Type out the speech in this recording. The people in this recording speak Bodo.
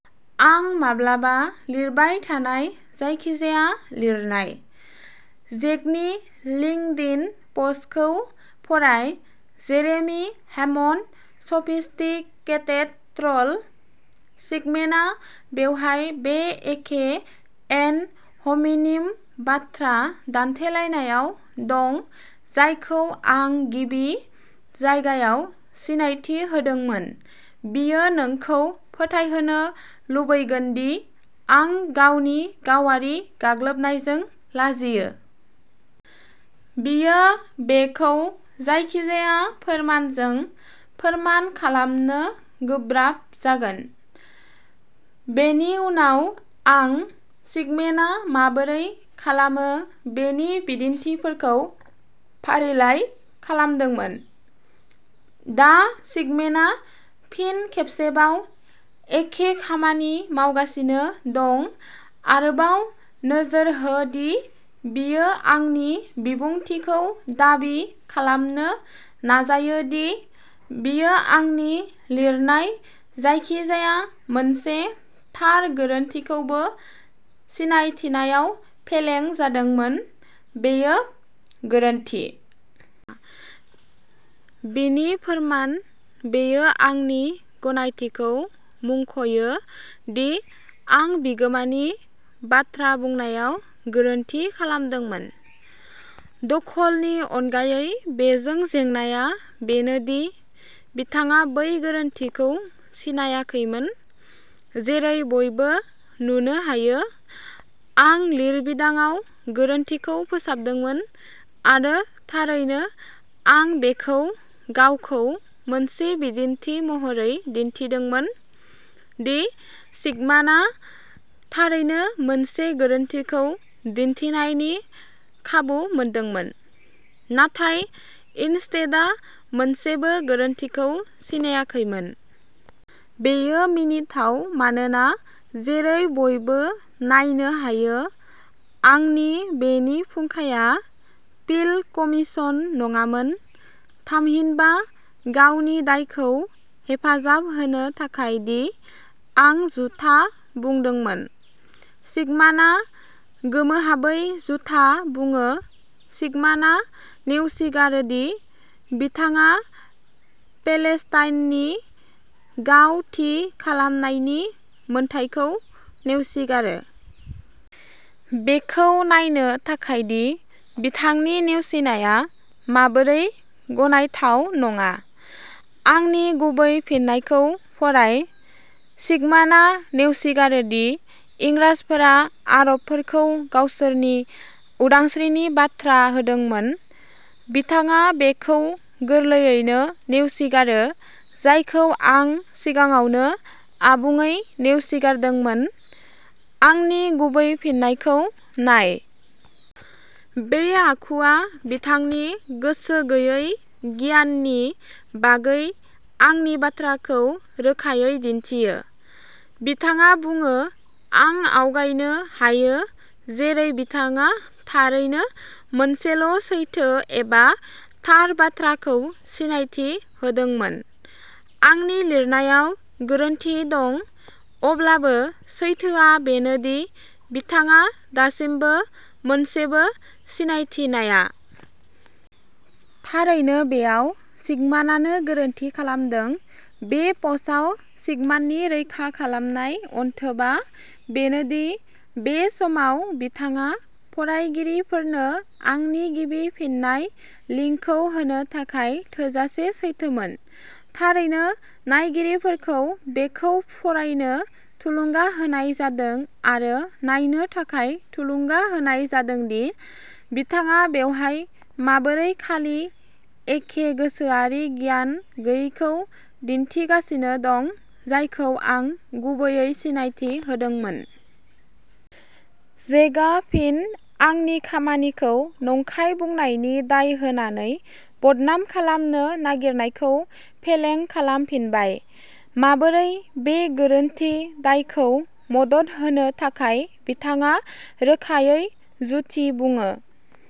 आं माब्लाबा लिरबाय थानाय जायखिजाया लिरनाय। जेकनि लिंकडिन पस्टखौ फराय जेरेमि हेमन्ड सफिस्टिकेटेड ट्रल। सिगमेनआ बेवहाय बै एखे एड ह'मिनिम बाथ्रा दान्थेलायनायाव दं जायखौ आं गिबि जायगायाव सिनायथि होदोंमोन। बियो नोंखौ फोथायहोनो लुबैगोन दि आं गावनि गावारि गाग्लोबनायजों लाजियो। बियो बेखौ जायखिजाया फोरमानजों फोरमान खालामनो गोब्राब जागोन। बेनि उनाव आं सिगमेनआ माबोरै खालामो बेनि बिदिन्थिफोरखौ फारिलाइ खालामदोंमोन। दा सिगमेनआ फिन खेबसेबाव एखे खामानि मावगासिनो दं। आरोबाव नोजोर हो दि बियो आंनि बिबुंथिखौ दाबि खालामनो नाजायो दि बियो आंनि लिरनाय जायखिजाया मोनसे थार गोरोन्थिखौबो सिनायथिनायाव फेलें जादोंमोन, बेयो गोरोन्थि। बिनि फोरमान बेयो आंनि गनायथिखौ मुंख'यो दि आं बिगोमानि बाथ्रा बुंनायाव गोरोन्थि खालामदोंमोन, दखलनि अनगायै बेजों जेंनाया बेनो दि बिथाङा बै गोरोन्थिखौ सिनायाखैमोन, जेरै बयबो नुनो हायो। आं लिरबिदांआव गोरोन्थिखौ फोसाबदोंमोन, आरो थारैनो आं बेखौ गावखौ मोनसे बिदिन्थि महरै दिन्थिदोंमोन दि सिगमानआ थारैनो मोनसे गोरोन्थिखौ दिन्थिनायनि खाबु मोनदोंमोन, नाथाय इनस्टेडआ मोनसेबो गोरोन्थिखौ सिनायाखैमोन। बेयो मिनिथाव मानोना, जेरै बयबो नायनो हायो, आंनि बेनि फुंखाया पिल कमिशन नङामोन। थामहिनबा, गावनि दायखौ हेफाजाब होनो थाखाय दि आं जुथा बुंदोंमोन, सिगमानआ गोमोहाबै जुथा बुङो। सिगमानआ नेवसिगारो दि बिथाङा पेलेस्टाइननि गाव थि खालामनायनि मोनथायखौ नेवसिगारो। बेखौ नायनो थाखाय दि बिथांनि नेवसिनाया माबोरै गनायथाव नङा, आंनि गुबै फिननायखौ फराय। सिगमानआ नेवसिगारो दि इंराजफोरा आरबफोरखौ गावसोरनि उदांस्रिनि बाथ्रा होदोंमोन। बिथाङा बेखौ गोरलैयैनो नेवसिगारो जायखौ आं सिगाङावनो आबुङै नेवसिगारदोंमोन। आंनि गुबै फिननायखौ नाय। बे आखुआ बिथांनि गोसो गैयै गियाननि बागै आंनि बाथ्राखौ रोखायै दिन्थियो। बिथाङा बुङो "आं आवगायनो हायो" जेरै बिथाङा थारैनो मोनसेल' सैथो एबा थार बाथ्राखौ सिनायथि होदोंमोन। आंनि लिरनायाव गोरोन्थि दं, अब्लाबो सैथोआ बेनो दि बिथाङा दासिमबो मोनसेबो सिनायथिनाया। थारैनो बेयाव सिगमानानो गोरोन्थि खालामदों। बे पस्टआव सिगमाननि रैखा खालामनाय अनथोबा बेनोदि बे समाव बिथाङा फरायगिरिफोरनो आंनि गिबि फिननाय लिंकखौ होनो थाखाय थोजासे सैथोमोन। थारैनो, नायगिरिफोरखौ बेखौ फरायनो थुलुंगा होनाय जादों आरो नायनो थाखाय थुलुंगा होनाय जादों दि बिथाङा बेवहाय माबोरै खालि एखे गोसोआरि गियान गैयैखौ दिन्थिगासिनो दं जायखौ आं गुबैयै सिनायथि होदोंमोन। जेकआ फिन आंनि खामानिखौ नंखाय बुंनायनि दाय होनानै बदनाम खालामनो नागिरनायखौ फेलें खालामफिनबाय। माबोरै बे गोरोन्थि दायखौ मदद होनो थाखाय, बिथाङा रोखायै जुथि बुङो।